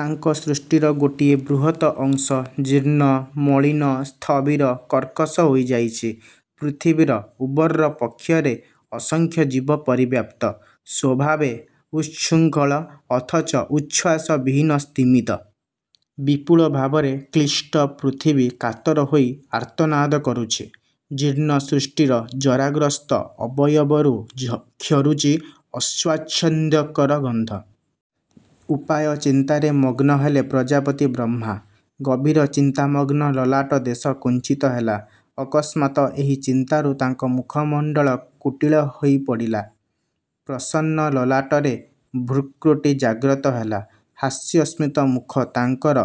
ତାଙ୍କ ସୃଷ୍ଟିର ଗୋଟିଏ ବୃହତ ଅଂଶ ଜୀର୍ଣ୍ଣ, ମଳିନ, ସ୍ଥବିର, କର୍କଶ ହୋଇଯାଇଛି। ପୃଥିବୀର ଉବର୍ର ବକ୍ଷରେ ଅସଂଖ୍ୟ ଜୀବ ପରିବ୍ୟାପ୍ତ। ସ୍ୱଭାବେ ଉଚ୍ଛୃଙ୍ଖଳ ଅଥଚ ଉଚ୍ଛ୍ୱାସ ବିହୀନ-ସ୍ତିମିତ। ବିପୁଳଭାବରେ କ୍ଳୀଷ୍ଟ ପୃଥିବୀ କାତର ହୋଇ ଆର୍ତ୍ତନାଦ କରୁଛି। ଜୀର୍ଣ୍ଣ ସୃଷ୍ଟିର ଜରାଗ୍ରସ୍ତ ଅବୟବରୁ କ୍ଷରୁଛି ଅସ୍ୱାଚ୍ଛନ୍ଦ୍ୟକର ଗନ୍ଧ। ଉପାୟ ଚିନ୍ତାରେ ମଗ୍ନ ହେଲେ ପ୍ରଜାପତି ବ୍ରହ୍ମା। ଗଭୀର ଚିନ୍ତାମଗ୍ନ ଲଲାଟ ଦେଶ କୁଞ୍ଚିତ ହେଲା। ଅକସ୍ମାତ ଏହି ଚିନ୍ତାରୁ ତାଙ୍କ ମୁଖମଣ୍ଡଳ କୁଟିଳ ହୋଇ ପଡ଼ିଲା। ପ୍ରସନ୍ନ ଲଲାଟରେ ଭୃକୁଟି ଜାଗ୍ରତ ହେଲା। ହାସ୍ୟସ୍ମିତ ମୁଖ ତାଙ୍କର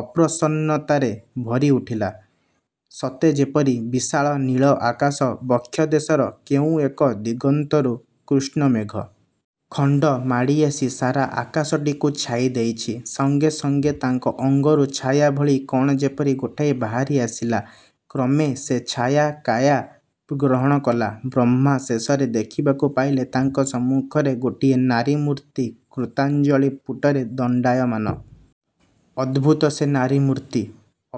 ଅପ୍ରସନ୍ନତାରେ ଭରି ଉଠିଲା। ସତେ ଯେପରି ବିଶାଳ ନୀଳ ଆକାଶ ବକ୍ଷଦେଶର କେଉଁ ଏକ ଦିଗନ୍ତରୁ କୃଷ୍ଣ ମେଘ। ଖଣ୍ଡ ମାଡ଼ି ଆସି ସାରା ଆକାଶଟିକୁ ଛାଇ ଦେଇଛି। ସଙ୍ଗେ ସଙ୍ଗେ ତାଙ୍କ ଅଙ୍ଗରୁ ଛାୟାଭଳି କ'ଣ ଯେପରି ଗୋଟାଏ ବାହାରି ଆସିଲା, କ୍ରମେ ସେ ଛାୟା କାୟା ଗ୍ରହଣ କଲା-ବ୍ରହ୍ମା ଶେଷରେ ଦେଖିବାକୁ ପାଇଲେ ତାଙ୍କ ସମ୍ମୁଖରେ ଗୋଟିଏ ନାରୀମୂର୍ତ୍ତି କୃତାଞ୍ଜଳି ପୁଟରେ ଦଣ୍ଡାୟମାନ। ଅଦ୍ଭୁତ ସେ ନାରୀ ମୂର୍ତ୍ତି।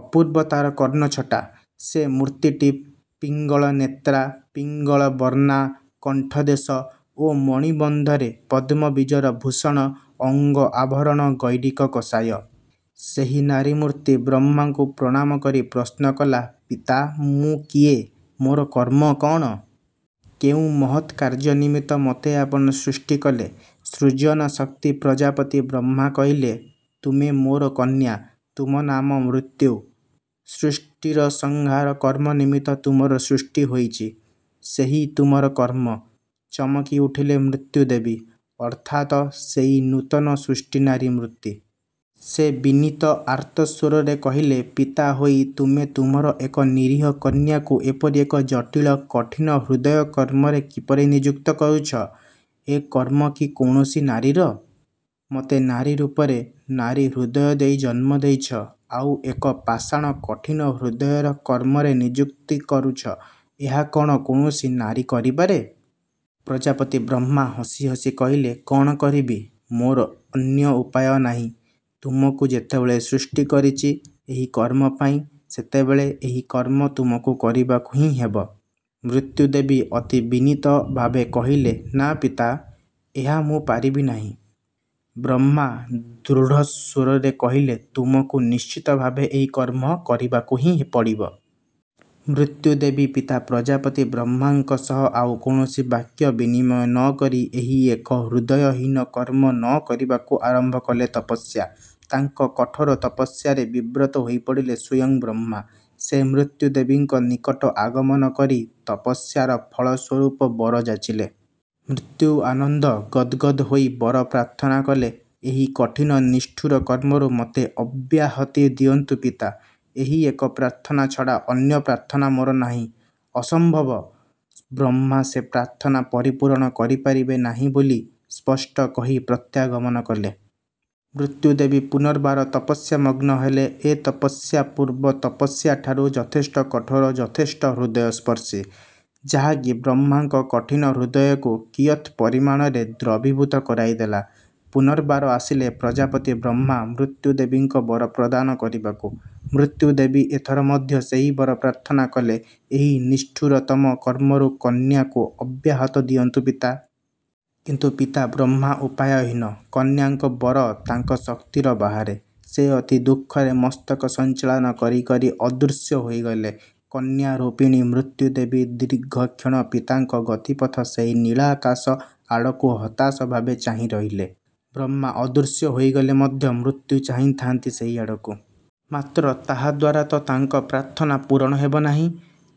ଅପୂର୍ବ ତାର କର୍ଣ୍ଣଛଟା। ସେ ମୂର୍ତ୍ତିଟି ପିଙ୍ଗଳନେତ୍ରା, ପିଙ୍ଗଳ ବର୍ଣ୍ଣା, କଣ୍ଠଦେଶ ଓ ମଣିବନ୍ଧରେ ପଦ୍ମବୀଜର ଭୂଷଣ, ଅଙ୍ଗ ଆଭରଣ ଗୈରିକ କଷାୟ। ସେହି ନାରୀ ମୂର୍ତ୍ତି ବ୍ରହ୍ମାଙ୍କୁ ପ୍ରଣାମ କରି ପ୍ରଶ୍ନକଲା-ପିତା, ମୁଁ କିଏ? ମୋର କର୍ମ କଣ? କେଉଁ ମହତ୍ କାର୍ଯ୍ୟ ନିମିତ୍ତ ମୋତେ ଆପଣ ସୃଷ୍ଟି କଲେ? ସୃଜନ ଶକ୍ତି ପ୍ରଜାପତି ବ୍ରହ୍ମା କହିଲେ-ତୁମେ ମୋର କନ୍ୟା। ତୁମ ନାମ ମୃତ୍ୟୁ। ସୃଷ୍ଟିର ସଂହାର କର୍ମ ନିମିତ୍ତ ତୁମର ସୃଷ୍ଟି ହୋଇଛି। ସେହି ତୁମର କର୍ମ। ଚମକି ଉଠିଲେ ମୃତ୍ୟୁଦେବୀ-ଅର୍ଥାତ ସେହି ନୂତନ ସୃଷ୍ଟ ନାରୀ ମୂର୍ତ୍ତି। ସେ ବିନୀତ ଆର୍ତ୍ତସ୍ୱରରେ କହିଲେ, ପିତା ହୋଇ ତୁମେ ତୁମର ଏକ ନିରୀହ କନ୍ୟାକୁ ଏପରି ଏକ ଜଟିଳ କଠିନ ହୃଦୟ-କର୍ମରେ କିପରି ନିଯୁକ୍ତ କରୁଛ? ଏ କର୍ମ କି କୌଣସି ନାରୀର? ମୋତେ ନାରୀରୂପରେ-ନାରୀ ହୃଦୟ ଦେଇ ଜନ୍ମ ଦେଇଛ-ଆଉ ଏକ ପାଷାଣ କଠିନ ହୃଦୟର କର୍ମରେ ନିଯୁକ୍ତ କରୁଛ, ଏହା କ'ଣ କୌଣସି ନାରୀ କରିପାରେ? ପ୍ରଜାପତି ବ୍ରହ୍ମା ହସି ହସି କହିଲେ-କ'ଣ କରିବି? ମୋର ଅନ୍ୟ ଉପାୟ ନାହିଁ। ତୁମକୁ ଯେତେବେଳେ ସୃଷ୍ଟି କରିଛି, ଏହି କର୍ମପାଇଁ, ସେତେବେଳେ ଏହି କର୍ମ ତୁମକୁ କରିବାକୁହିଁ ହେବ। ମୃତ୍ୟୁଦେବୀ ଅତି ବିନୀତ ଭାବେ କହିଲେ-ନା ପିତା! ଏହା ମୁଁ ପାରିବି ନାହିଁ। ବ୍ରହ୍ମା ଦୃଢ଼ ସ୍ୱରରେ କହିଲେ-ତୁମକୁ ନିଶ୍ଚିତଭାବେ ଏହି କର୍ମ କରିବାକୁ ହିଁ ପଡ଼ିବ। ମୃତ୍ୟୁଦେବୀ ପିତା ପ୍ରଜାପତି ବ୍ରହ୍ମାଙ୍କ ସହିତ ଆଉ କୌଣସି ବାକ୍ୟ ବିନିମୟ ନ କରି ଏହି ଏକ ହୃଦୟହୀନ କର୍ମ ନ କରିବାକୁ ଆରମ୍ଭ କଲେ ତପସ୍ୟା। ତାଙ୍କ କଠୋର ତପସ୍ୟାରେ ବିବ୍ରତ ହୋଇ ପଡ଼ିଲେ ସ୍ୱୟଂ ବ୍ରହ୍ମା। ସେ ମୃତ୍ୟୁଦେବୀଙ୍କ ନିକଟ ଆଗମନ କରି ତପସ୍ୟାର ଫଳ ସ୍ୱରୂପ ବର ଯାଚିଲେ। ମୃତ୍ୟୁ ଆନନ୍ଦ ଗଦ୍ ଗଦ୍ ହୋଇ ବର ପ୍ରାର୍ଥନା କଲେ-ଏହି କଠିନ ନିଷ୍ଠୁର କର୍ମରୁ ମୋତେ ଅବ୍ୟାହତି ଦିଅନ୍ତୁ ପିତା। ଏହି ଏକ ପ୍ରାର୍ଥନା ଛଡ଼ା ଅନ୍ୟ ପ୍ରାର୍ଥନା ମୋର ନାହିଁ। ଅସମ୍ଭବ! ବ୍ରହ୍ମା ସେ ପ୍ରାର୍ଥନା ପରିପୂରଣ କରି ପାରିବେ ନାହିଁ ବୋଲି ସ୍ପଷ୍ଟ କହି ପ୍ରତ୍ୟାଗମନ କଲେ। ମୃତ୍ୟୁଦେବୀ ପୁନର୍ବାର ତପସ୍ୟାମଗ୍ନ ହେଲେ, ଏ ତପସ୍ୟା ପୂର୍ବ ତପସ୍ୟା ଠାରୁ ଯଥେଷ୍ଟ କଠୋର, ଯଥେଷ୍ଟ ହୃଦୟସ୍ପର୍ଶୀ। ଯାହାକି ବ୍ରହ୍ମାଙ୍କ କଠିନ ହୃଦୟକୁ କିୟତ୍ ପରିମାଣରେ ଦ୍ରବିଭୂତ କରାଇଦେଲା। ପୂନର୍ବାର ଆସିଲେ ପ୍ରଜାପତି ବ୍ରହ୍ମା ମୃତ୍ୟୁଦେବୀଙ୍କ ବରପ୍ରଦାନ କରିବାକୁ। ମୃତ୍ୟୁଦେବୀ ଏଥର ମଧ୍ୟ ସେହି ବର ପ୍ରାର୍ଥନା କଲେ-ଏହି ନିଷ୍ଠୁରତମ କର୍ମରୁ କନ୍ୟାକୁ ଅବ୍ୟାହତ ଦିଅନ୍ତୁ ପିତା! କିନ୍ତୁ ପିତା ବ୍ରହ୍ମା ଉପାୟହୀନ। କନ୍ୟାଙ୍କ ବର ତାଙ୍କ ଶକ୍ତିର ବାହାରେ। ସେ ଅତି ଦୁଃଖରେ ମସ୍ତକ ସଂଚାଳନ କରି କରି ଅଦୃଶ୍ୟ ହୋଇଗଲେ। କନ୍ୟାରୂପିଣୀ ମୃତ୍ୟୁଦେବୀ ଦୀର୍ଘକ୍ଷଣ ପିତାଙ୍କ ଗତିପଥ ସେହି ନୀଳାକାଶ ଆଡ଼କୁ ହତାଶ ଭାବେ ଚାହିଁ ରହିଲେ। ବ୍ରହ୍ମା ଅଦୃଶ୍ୟ ହୋଇଗଲେ ମଧ୍ୟ ମୃତ୍ୟୁ ଚାହିଁଥାନ୍ତି ସେହିଆଡ଼କୁ। ମାତ୍ର ତାହାଦ୍ୱାରା ତ ତାଙ୍କ ପ୍ରାର୍ଥନା ପୂରଣ ହେବ ନାହିଁ?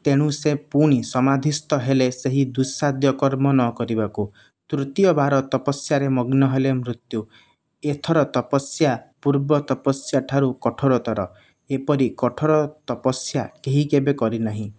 ତେଣୁ ସେ ପୁଣି ସମାଧିସ୍ଥ ହେଲେ ସେହି ଦୁଃସାଧ୍ୟ କର୍ମ ନ କରିବାକୁ। ତୃତୀୟବାର ତପସ୍ୟାରେ ମଗ୍ନ ହେଲେ ମୃତ୍ୟୁ। ଏଥର ତପସ୍ୟା ପୂର୍ବ ତପସ୍ୟା ଠାରୁ କଠୋରତର। ଏପରି କଠୋର ତପସ୍ୟା କେହି କେବେ କରିନାହିଁ।